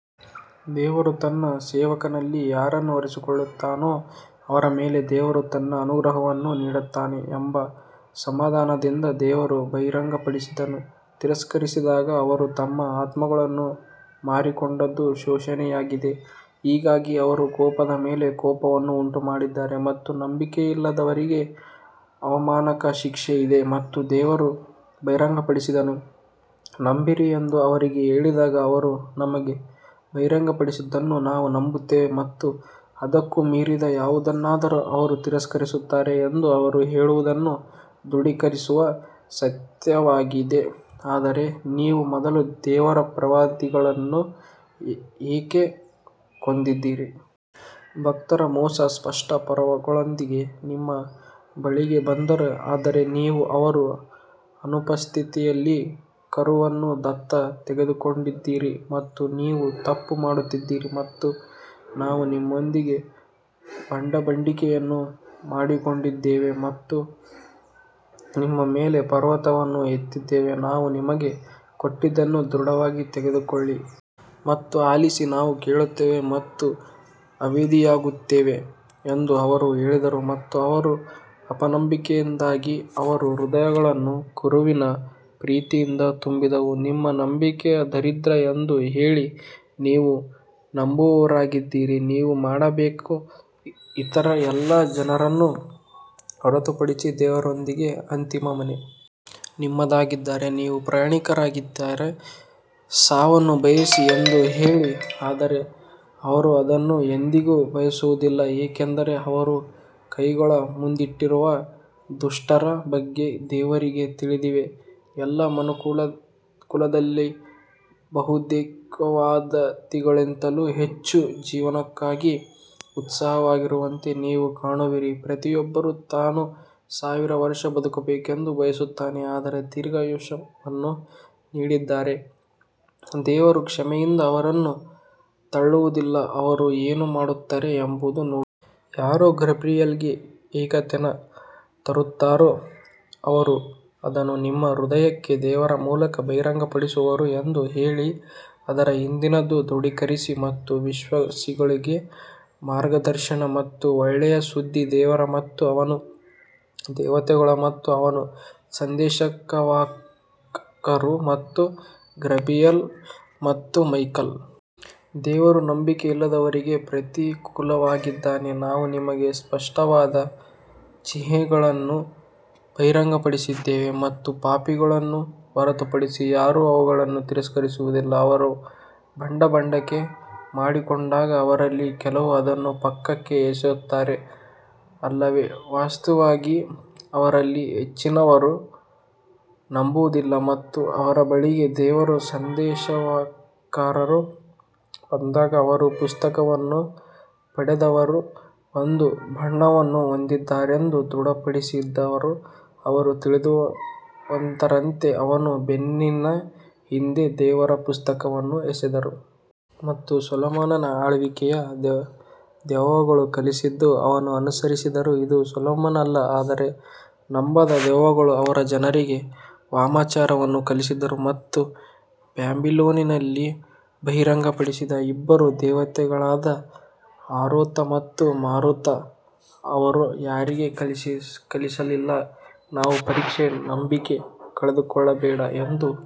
ದೇವರು ತನ್ನ ಸೇವಕರಲ್ಲಿ ಯಾರನ್ನು ಆರಿಸಿಕೊಳ್ಳುತ್ತಾನೋ ಅವರ ಮೇಲೆ ದೇವರು ತನ್ನ ಅನುಗ್ರಹವನ್ನು ನೀಡುತ್ತಾನೆ ಎಂಬ ಅಸಮಾಧಾನದಿಂದ ದೇವರು ಬಹಿರಂಗಪಡಿಸಿದ್ದನ್ನು ತಿರಸ್ಕರಿಸಿದ್ದಕ್ಕಾಗಿ ಅವರು ತಮ್ಮ ಆತ್ಮಗಳನ್ನು ಮಾರಿಕೊಂಡದ್ದು ಶೋಚನೀಯವಾಗಿದೆ ಹೀಗಾಗಿ ಅವರು ಕೋಪದ ಮೇಲೆ ಕೋಪವನ್ನು ಉಂಟುಮಾಡಿದರು ಮತ್ತು ನಂಬಿಕೆಯಿಲ್ಲದವರಿಗೆ ಅವಮಾನಕರ ಶಿಕ್ಷೆ ಇದೆ. ಮತ್ತು ದೇವರು ಬಹಿರಂಗಪಡಿಸಿದ್ದನ್ನು ನಂಬಿರಿ ಎಂದು ಅವರಿಗೆ ಹೇಳಿದಾಗ ಅವರು ನಮಗೆ ಬಹಿರಂಗಪಡಿಸಿದ್ದನ್ನು ನಾವು ನಂಬುತ್ತೇವೆ ಮತ್ತು ಅದಕ್ಕೂ ಮೀರಿದ ಯಾವುದನ್ನಾದರೂ ಅವರು ತಿರಸ್ಕರಿಸುತ್ತಾರೆ ಎಂದು ಅವರು ಹೇಳುವುದನ್ನು ದೃಢೀಕರಿಸುವ ಸತ್ಯವಾಗಿದೆ ಆದರೆ ನೀವು ಮೊದಲು ದೇವರ ಪ್ರವಾದಿಗಳನ್ನು ಏಕೆ ಕೊಂದಿದ್ದೀರಿ. ಭಕ್ತರ ಮೂಸಾ ಸ್ಪಷ್ಟ ಪುರಾವೆಗಳೊಂದಿಗೆ ನಿಮ್ಮ ಬಳಿಗೆ ಬಂದರು ಆದರೆ ನೀವು ಅವರ ಅನುಪಸ್ಥಿತಿಯಲ್ಲಿ ಕರುವನ್ನು ದತ್ತು ತೆಗೆದುಕೊಂಡಿದ್ದೀರಿ ಮತ್ತು ನೀವು ತಪ್ಪು ಮಾಡುತ್ತಿದ್ದೀರಿ ಮತ್ತು ನಾವು ನಿಮ್ಮೊಂದಿಗೆ ಒಡಂಬಡಿಕೆಯನ್ನು ಮಾಡಿಕೊಂಡಿದ್ದೇವೆ ಮತ್ತು ನಿಮ್ಮ ಮೇಲೆ ಪರ್ವತವನ್ನು ಎತ್ತಿದ್ದೇವೆ ನಾವು ನಿಮಗೆ ಕೊಟ್ಟಿದ್ದನ್ನು ದೃಢವಾಗಿ ತೆಗೆದುಕೊಳ್ಳಿ ಮತ್ತು ಆಲಿಸಿ ನಾವು ಕೇಳುತ್ತೇವೆ ಮತ್ತು ಅವಿಧೇಯರಾಗುತ್ತೇವೆ ಎಂದು ಅವರು ಹೇಳಿದರು ಮತ್ತು ಅವರ ಅಪನಂಬಿಕೆಯಿಂದಾಗಿ ಅವರ ಹೃದಯಗಳು ಕರುವಿನ ಪ್ರೀತಿಯಿಂದ ತುಂಬಿದವು ನಿಮ್ಮ ನಂಬಿಕೆಯು ದರಿದ್ರ ಎಂದು ಹೇಳಿ ನೀವು ನಂಬುವವರಾಗಿದ್ದರೆ ನೀವು ಮಾಡಬೇಕು ಇತರ ಎಲ್ಲ ಜನರನ್ನು ಹೊರತುಪಡಿಸಿ ದೇವರೊಂದಿಗಿನ ಅಂತಿಮ ಮನೆ ನಿಮ್ಮದಾಗಿದ್ದರೆ ನೀವು ಪ್ರಾಮಾಣಿಕರಾಗಿದ್ದರೆ ಸಾವನ್ನು ಬಯಸಿ ಎಂದು ಹೇಳಿ ಆದರೆ ಅವರು ಅದನ್ನು ಎಂದಿಗೂ ಬಯಸುವುದಿಲ್ಲ ಏಕೆಂದರೆ ಅವರ ಕೈಗಳು ಮುಂದಿಟ್ಟಿರುವ ದುಷ್ಟರ ಬಗ್ಗೆ ದೇವರಿಗೆ ತಿಳಿದಿದೆ ಎಲ್ಲಾ ಮನುಕುಲದವರಲ್ಲಿ ಬಹುದೇವತಾವಾದಿಗಳಿಗಿಂತಲೂ ಹೆಚ್ಚು ಜೀವನಕ್ಕಾಗಿ ಉತ್ಸುಕರಾಗಿರುವಂತೆ ನೀವು ಕಾಣುವಿರಿ ಪ್ರತಿಯೊಬ್ಬರೂ ತಾನು ಸಾವಿರ ವರ್ಷ ಬದುಕಬೇಕೆಂದು ಬಯಸುತ್ತಾನೆ ಆದರೆ ದೀರ್ಘಾಯುಷ್ಯವನ್ನು ನೀಡಿದರೆ ದೇವರು ಶಿಕ್ಷೆಯಿಂದ ಅವರನ್ನು ತಳ್ಳುವುದಿಲ್ಲ ಅವರು ಏನು ಮಾಡುತ್ತಾರೆ ಎಂಬುದನ್ನು ನೋಡುತ್ತಾರೆ. ಯಾರೇ ಗೇಬ್ರಿಯಲ್ಗೆ ಹಗೆತನ ತೋರುತ್ತಾರೋ ಅವರು ಅದನ್ನು ನಿಮ್ಮ ಹೃದಯಕ್ಕೆ ದೇವರ ಮೂಲಕ ಬಹಿರಂಗಪಡಿಸಿದವರು ಎಂದು ಹೇಳಿ ಅದರ ಹಿಂದಿನದನ್ನು ದೃಢೀಕರಿಸಿ ಮತ್ತು ವಿಶ್ವಾಸಿಗಳಿಗೆ ಮಾರ್ಗದರ್ಶನ ಮತ್ತು ಒಳ್ಳೆಯ ಸುದ್ದಿ ದೇವರು ಮತ್ತು ಅವನ ದೇವತೆಗಳು ಮತ್ತು ಅವನ ಸಂದೇಶವಾಹಕರು ಮತ್ತು ಗೇಬ್ರಿಯಲ್ ಮತ್ತು ಮೈಕೆಲ್ ದೇವರು ನಂಬಿಕೆಯಿಲ್ಲದವರಿಗೆ ಪ್ರತಿಕೂಲವಾಗಿದ್ದಾನೆ ನಾವು ನಿಮಗೆ ಸ್ಪಷ್ಟವಾದ ಚಿಹ್ನೆಗಳನ್ನು ಬಹಿರಂಗಪಡಿಸಿದ್ದೇವೆ ಮತ್ತು ಪಾಪಿಗಳನ್ನು ಹೊರತುಪಡಿಸಿ ಯಾರೂ ಅವುಗಳನ್ನು ತಿರಸ್ಕರಿಸುವುದಿಲ್ಲ ಅವರು ಒಡಂಬಡಿಕೆ ಮಾಡಿಕೊಂಡಾಗ ಅವರಲ್ಲಿ ಕೆಲವರು ಅದನ್ನು ಪಕ್ಕಕ್ಕೆ ಎಸೆಯುತ್ತಾರೆ ಅಲ್ಲವೇ ವಾಸ್ತವವಾಗಿ ಅವರಲ್ಲಿ ಹೆಚ್ಚಿನವರು ನಂಬುವುದಿಲ್ಲ ಮತ್ತು ಅವರ ಬಳಿಗೆ ದೇವರ ಸಂದೇಶವಾಹಕರು ಬಂದಾಗ ಅವರು ಪುಸ್ತಕವನ್ನು ಪಡೆದವರ ಒಂದು ಬಣವನ್ನು ಹೊಂದಿದ್ದಾರೆಂದು ದೃಢಪಡಿಸಿದರು ಅವರು ತಿಳಿದಿಲ್ಲದವರಂತೆ ಅವರ ಬೆನ್ನಿನ ಹಿಂದೆ ದೇವರ ಪುಸ್ತಕವನ್ನು ಎಸೆದರು. ಮತ್ತು ಸೊಲೊಮೋನನ ಆಳ್ವಿಕೆಯಲ್ಲಿ ದೆವ್ವಗಳು ಕಲಿಸಿದ್ದನ್ನು ಅವರು ಅನುಸರಿಸಿದರು ಇದು ಸೊಲೊಮನ್ ಅಲ್ಲ ಆದರೆ ನಂಬದ ದೆವ್ವಗಳು ಅವರು ಜನರಿಗೆ ವಾಮಾಚಾರವನ್ನು ಕಲಿಸಿದರು ಮತ್ತು ಬ್ಯಾಬಿಲೋನ್ನಲ್ಲಿ ಬಹಿರಂಗಪಡಿಸಿದ ಇಬ್ಬರು ದೇವತೆಗಳಾದ ಹಾರೂತ್ ಮತ್ತು ಮಾರುತ್ ಅವರು ಯಾರಿಗೂ ಕಲಿಸಲಿಲ್ಲ. ನಾವು ಪರೀಕ್ಷೆ ನಂಬಿಕೆ ಕಳೆದುಕೊಳ್ಳಬೇಡಿ ಎಂದು